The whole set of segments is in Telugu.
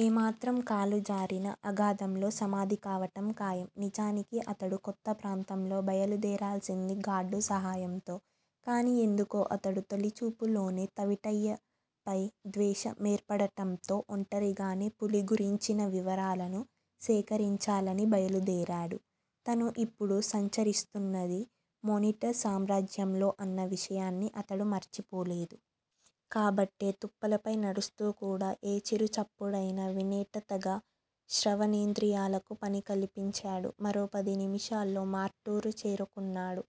ఏమాత్రం కాలుజారినా, అగాధంలో సమాధి కావటం ఖాయం. నిజానికి అతడు కొత్త ప్రాంతంలో బయలుదేరాల్సింది గార్డు సహాయంతో. కాని ఎందుకో అతడు తొలి చూపులోనే తవిటయ్య పై ద్వేష మేర్పడటంతో ఒంటరిగానే పులి గురించిన వివరాలను సేకరించాలని బయలుదేరాడు. తను ఇప్పుడు సంచరిస్తున్నది మోనీటర్ సామ్రాజ్యంలో అన్న విషయాన్ని అతడు మరిచిపోలేదు. కాబట్టే తుప్పలపై నడుస్తూ కూడా ఏ చిరుచప్పుడయినా వినేటంతగా శ్రవణేంద్రియాలకు పని కల్పించాడు. మరో పది నిముషాల్లో మార్టూరు చేరుకున్నాడు.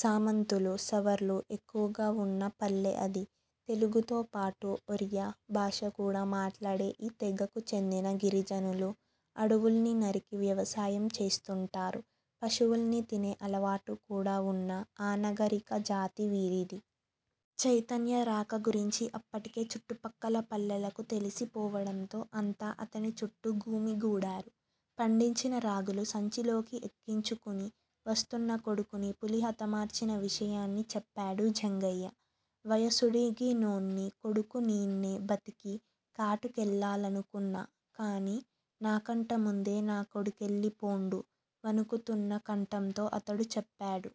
సామంతులు, సవర్లు ఎక్కువగా వున్న పల్లె అది. తెలుగుతోపాటు ఒరియా భాషకూడా మాట్ట్లాడే ఈ తెగకు చెందిన గిరిజనులు అడవుల్ని నరికి వ్యవసాయం చేస్తుంటారు. పశువుల్ని తినే అలవాటు కూడా వున్న అనాగరిక జాతి వీరిది. చైతన్య రాక గురించి అప్పటికే చుట్టుపక్కల పల్లెలకు తెలిసి పోవడంతో అంతా అతని చుట్టూ గుమిగూడారు. పండించిన రాగులు సంచిలోకి ఎక్కించుకుని వస్తున్న కొడుకుని పులి హతమార్చిన విషయాన్ని చెప్పాడు జంగయ్య. వయసుడిగినోడ్ని, కొడుకు నీడ్నే బతికి కాటికెల్లాలనుకున్నా కాని, నాకంటా ముందే నా కొడుకెళ్ళి పోండు వణుకుతున్న కంఠంతో అతడు చెప్పాడు.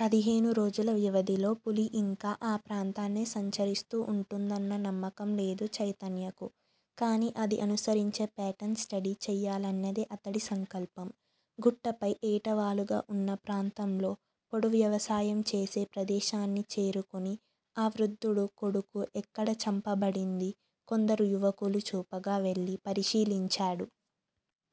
పదిహేను రోజుల వ్యవధిలో పులి ఇంకా ఆ ప్రాంతాన్నే సంచరిస్తూ ఉంటుందన్న నమ్మకం లేదు చైతన్యకు. కాని అది అనుసరించే పేటర్న్ స్టడీ చేయాలన్నదే అతడి సంకల్పం. గుట్టపై ఏటవాలుగా వున్న ప్రాంతంలో పోడు వ్యవసాయం చేసే ప్రదేశాన్ని చేరుకుని, ఆ వృద్ధుడు కొడుకు ఎక్కడ చంపబడింది కొందరు యువకులు చూపగా వెళ్ళి పరిశీలించాడు.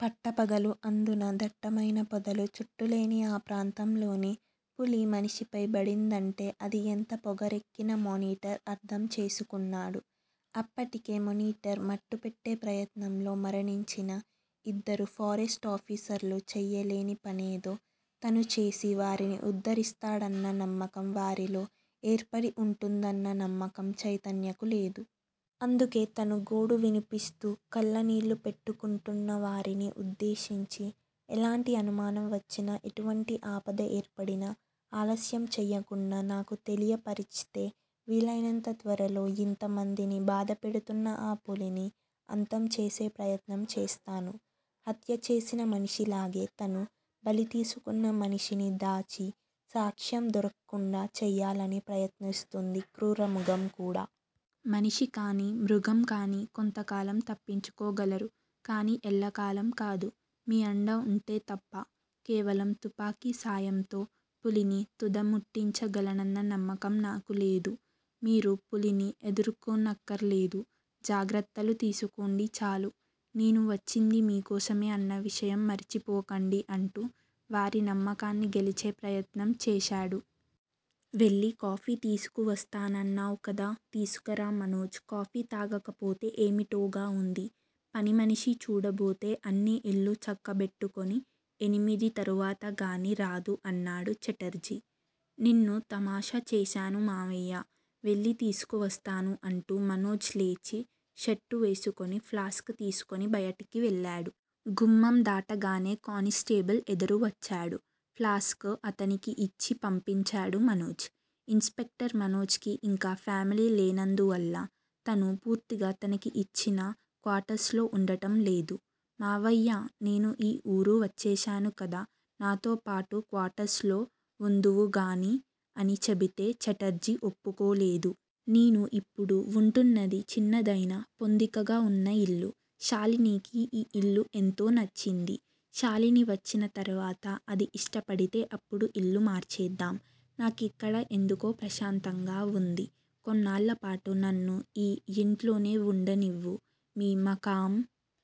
పట్టపగలు అందునా దట్టమైన పొదలు చుట్టూలేని ఆ ప్రాంతంలోనే పులి మనిషిపై బడిందంటే అది ఎంత పొగరెక్కిన మొనీటర్ అర్ధం చేసుకున్నాడు. అప్పటికే మోనీటర్ మట్టుపెట్టే ప్రయత్నంలో మరణించిన ఇద్దరు ఫారెస్టాఫీసర్లు చేయలేని పనేదో తనుచేసి వారిని ఉద్దరిస్తాడన్న నమ్మకం వారిలో ఏర్పడి ఉంటుందన్న నమ్మకం చైతన్యకు లేదు. అందుకే తను గోడు వినిపిస్తూ కళ్ళనీళ్ళు పెట్టుకుంటున్న వారిని ఉద్దేశించి ఎలాంటి అనుమానం వచ్చినా, ఎటువంటి ఆపద ఏర్పడినా ఆలస్యం చేయకుండా నాకు తెలియపర్చితే వీలయినంత త్వరలో యింత మందిని బాధపెడుతున్న ఆ పులిని అంతం చేసే ప్రయత్నం చేస్తాను. హత్య చేసిన మనిషిలాగే, తను బలి తీసుకున్న మనిషిని దాచి సాక్ష్యం దొరక్కుండా చేయాలని ప్రయత్నిస్తుంది క్రూరమృగం కూడా. మనిషికాని, మృగంకాని కొంతకాలం తప్పించుకోగలరు కాని ఎల్లకాలం కాదు. మీ అండ ఉంటే తప్ప. కేవలం తుపాకీ సాయంతో పులిని తుదముట్టించగలనన్న నమ్మకం నాకూలేదు. మీరు పులిని ఎదుర్కోనక్కరలేదు. జాగ్రత్తలు తీసుకోండి చాలు. నేను వచ్చింది మీకోసమే అన్న విషయం మరచిపోకండి అంటూ వారి నమ్మకాన్ని గెలిచే ప్రయత్నం చేశాడు. వెళ్ళి కాఫీ తీసుకు వస్తానన్నావ్ కదా! తీసుకురా మనోజ్ కాఫీ తాగకపోతే ఏమిటోగా వుంది. పనిమనిషి చూడబోతే అన్ని ఇళ్లూ చక్కబెట్టుకొని ఎనిమిది తరువాత గానీ రాదు అన్నాడు ఛటర్జీ. నిన్ను తమాషా చేశాను మావయ్యా! వెళ్ళి తీసుకువస్తాను అంటూ మనోజ్ లేచి షర్టు వేసుకుని, ప్లాస్క్ తీసుకుని బయటకి వెళ్ళాడు. గుమ్మం దాటగానే కానిస్టేబుల్ ఎదురు వచ్చాడు. ప్లాస్క్ అతనికి ఇచ్చి పంపించాడు మనోజ్. ఇన్ స్పెక్టర్ మనోజ్ కి ఇంకా ఫామిలీ లేనందువల్ల తను పూర్తిగా తనకి ఇచ్చిన క్వార్టర్స్ లో వుండటం లేదు. మావయ్యా నేను ఈ ఊరు వచ్చేశాను కదా! నాతోపాటు క్వార్టర్స్ లో వుందువు గాని అని చెబితే ఛటర్జీ ఒప్పుకోలేదు. నేను ఇప్పుడు వుంటున్నది చిన్నదైనా పొందికగా వున్న ఇల్లు. షాలినీకి ఈ ఇల్లు ఎంతో నచ్చింది. షాలిని వచ్చిన తరువాత అది ఇష్టపడితే అప్పుడు ఇల్లు మార్చేద్దాం. నాకిక్కడ ఎందుకో ప్రశాంతంగా వుంది. కొన్నాళ్ళపాటు నన్ను ఈ యింట్లోనే వుండనివ్వు. మీ మకాం